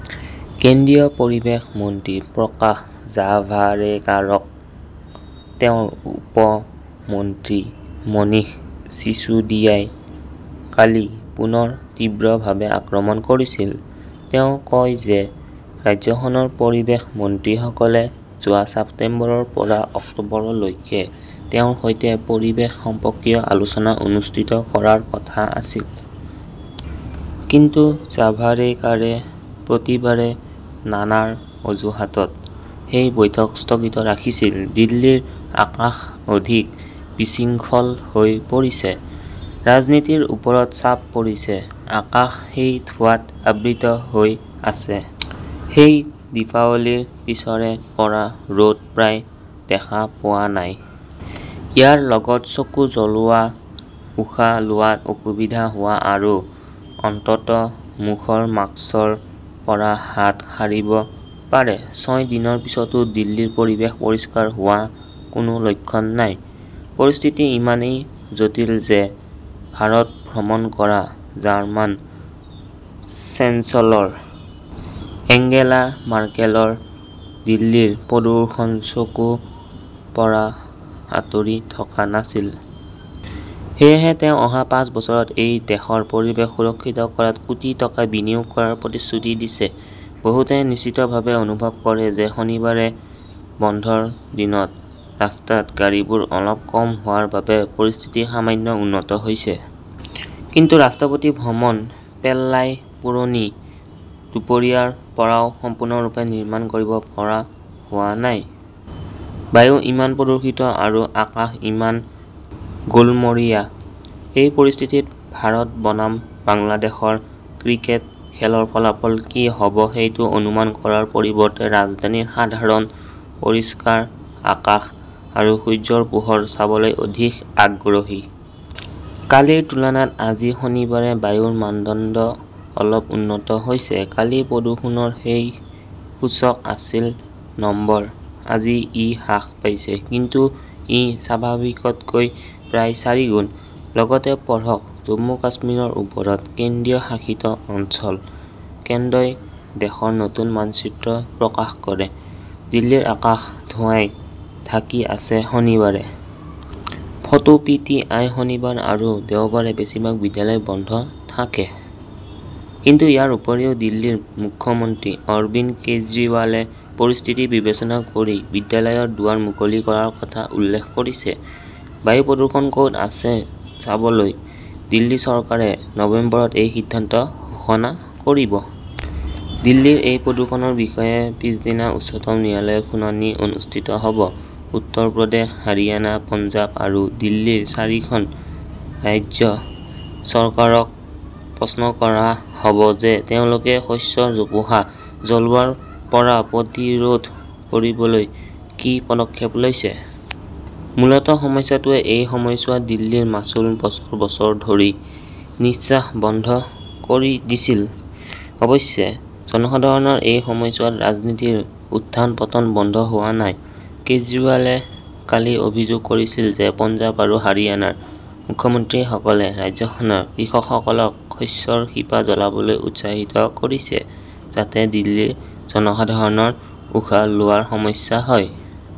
কেন্দ্ৰীয় পৰিৱেশ মন্ত্ৰী প্ৰকাশ জাভাৰেকাৰক তেওঁৰ উপ-মন্ত্ৰী মনীষ চিচুডিয়াই কালি পুনৰ তীব্ৰভাৱে আক্ৰমণ কৰিছিল। তেওঁ কয় যে ৰাজ্যখনৰ পৰিৱেশ মন্ত্ৰীসকলে যোৱা ছেপ্টেম্বৰৰ পৰা অক্টোবৰলৈকে তেওঁৰ সৈতে পৰিৱেশ সম্পৰ্কীয় আলোচনা অনুষ্ঠিত কৰাৰ কথা আছিল। কিন্তু জাভাৰেকাৰে প্ৰতিবাৰে নানাৰ অজুহাতত সেই বৈঠক স্থগিত ৰাখিছিল। দিল্লীৰ আকাশ অধিক বিশৃংখল হৈ পৰিছে, ৰাজনীতিৰ ওপৰত চাপ পৰিছে আকাশ সেই ধোঁৱাত আবৃত হৈ আছে। সেই দীপাৱলীৰ পিছৰে পৰা ৰ'দ প্ৰায় দেখা পোৱা নাই। ইয়াৰ লগত চকু জ্বলোৱা, উশাহ লোৱাত অসুবিধা হোৱা আৰু অন্ততঃ মুখৰ মাস্কৰ পৰা হাত সাৰিব পাৰে। ছয় দিনৰ পিছতো দিল্লীৰ পৰিবেশ পৰিষ্কাৰ হোৱাৰ কোনো লক্ষণ নাই। পৰিস্থিতি ইমানেই জটিল যে ভাৰত ভ্ৰমণ কৰা জাৰ্মান চেঞ্চেলৰ এঙ্গেলা মাৰ্কেলৰ দিল্লীৰ প্ৰদূষণ চকুৰ পৰা আঁতৰি থকা নাছিল। সেয়েহে তেওঁ অহা পাঁচ বছৰত এই দেশৰ পৰিৱেশ সুৰক্ষিত কৰাত কোটি টকা বিনিয়োগ কৰাৰ প্ৰতিশ্ৰুতি দিছে। বহুতে নিশ্চিতভাৱে অনুভৱ কৰে যে শনিবাৰে বন্ধৰ দিনত ৰাস্তাত গাড়ীবোৰ অলপ কম হোৱাৰ বাবে পৰিস্থিতি সামান্য উন্নত হৈছে। কিন্তু ৰাষ্ট্ৰপতি ভৱন পেল্লাই পুৰণি দুপৰীয়াৰ পৰাও সম্পূৰ্ণৰূপে নিৰ্মাণ কৰিব পৰা হোৱা নাই। বায়ু ইমান প্ৰদূষিত আৰু আকাশ ইমান গোলমৰীয়া। এই পৰিস্থিতিত ভাৰত বনাম বাংলাদেশৰ ক্ৰিকেট খেলৰ ফলাফল কি হ'ব সেইটো অনুমান কৰাৰ পৰিৱৰ্তে ৰাজধানীৰ জনসাধাৰণ পৰিষ্কাৰ আকাশ আৰু সূৰ্যৰ পোহৰ চাবলৈ অধিক আগ্ৰহী। কালিৰ তুলনাত আজি শনিবাৰে বায়ুৰ মানদণ্ড অলপ উন্নত হৈছে। কালি প্ৰদূষণৰ সেই সূচক আছিল নম্বৰ। আজি ই হ্ৰাস পাইছে। কিন্তু ই স্বাভাৱিকতকৈ প্ৰায় চাৰিগুণ। লগতে পঢ়ক জম্মু-কাশ্মীৰৰ ওপৰত কেন্দ্ৰীয় শাসিত অঞ্চল, কেন্দ্ৰই দেশৰ নতুন মানচিত্ৰ প্ৰকাশ কৰে, দিল্লীৰ আকাশ ধোঁৱাই ঢাকি আছে শনিবাৰে। Photo P. টি. আই. শনিবাৰ আৰু দেওবাৰে বেছিভাগ বিদ্যালয় বন্ধ থাকে। কিন্তু ইয়াৰ উপৰিও দিল্লীৰ মুখ্যমন্ত্ৰী অৰবিন্দ কেজৰিৱালে পৰিস্থিতি বিবেচনা কৰি বিদ্যালয়ৰ দুৱাৰ মুকলি কৰাৰ কথা উল্লেখ কৰিছে। বায়ু প্ৰদূষণ ক'ত আছে চাবলৈ দিল্লী চৰকাৰে নৱেম্বৰত এই সিদ্ধান্ত ঘোষণা কৰিব। দিল্লীৰ এই প্ৰদূষণৰ বিষয়ে পিছদিনা উচ্চতম ন্যায়ালয়ত শুনানি অনুষ্ঠিত হ "ব। উত্তৰ প্ৰদেশ, হাৰিয়ানা, পঞ্জাৱ আৰু দিল্লীৰ চাৰিখন ৰাজ্য চৰকাৰক প্ৰশ্ন কৰা হ 'ব যে তেওঁলোকে শস্যৰ জোপোহা জ্বলোৱাৰ পৰা প্ৰতিৰোধ কৰিবলৈ কি পদক্ষেপ লৈছে। মূলতঃ সমস্যাটোৱে এই সময়ছোৱাত দিল্লীৰ মাচুল বছৰ বছৰ ধৰি নিঃশ্বাস বন্ধ কৰি দিছিল। অৱশ্যে জনসাধাৰণৰ এই সময়ছোৱাত ৰাজনীতিৰ উত্থান-পতন বন্ধ হোৱা নাই। কেজৰিৱালে কালি অভিযোগ কৰিছিল যে পঞ্জাৱ আৰু হাৰিয়ানাৰ মুখ্যমন্ত্ৰীসকলে ৰাজ্যখনৰ কৃষকসকলক শস্যৰ শিপা জ্বলাইবলৈ উৎসাহিত কৰিছে। যাতে দিল্লীৰ জনসাধাৰণৰ উশাহ লোৱাৰ সমস্যা হয়।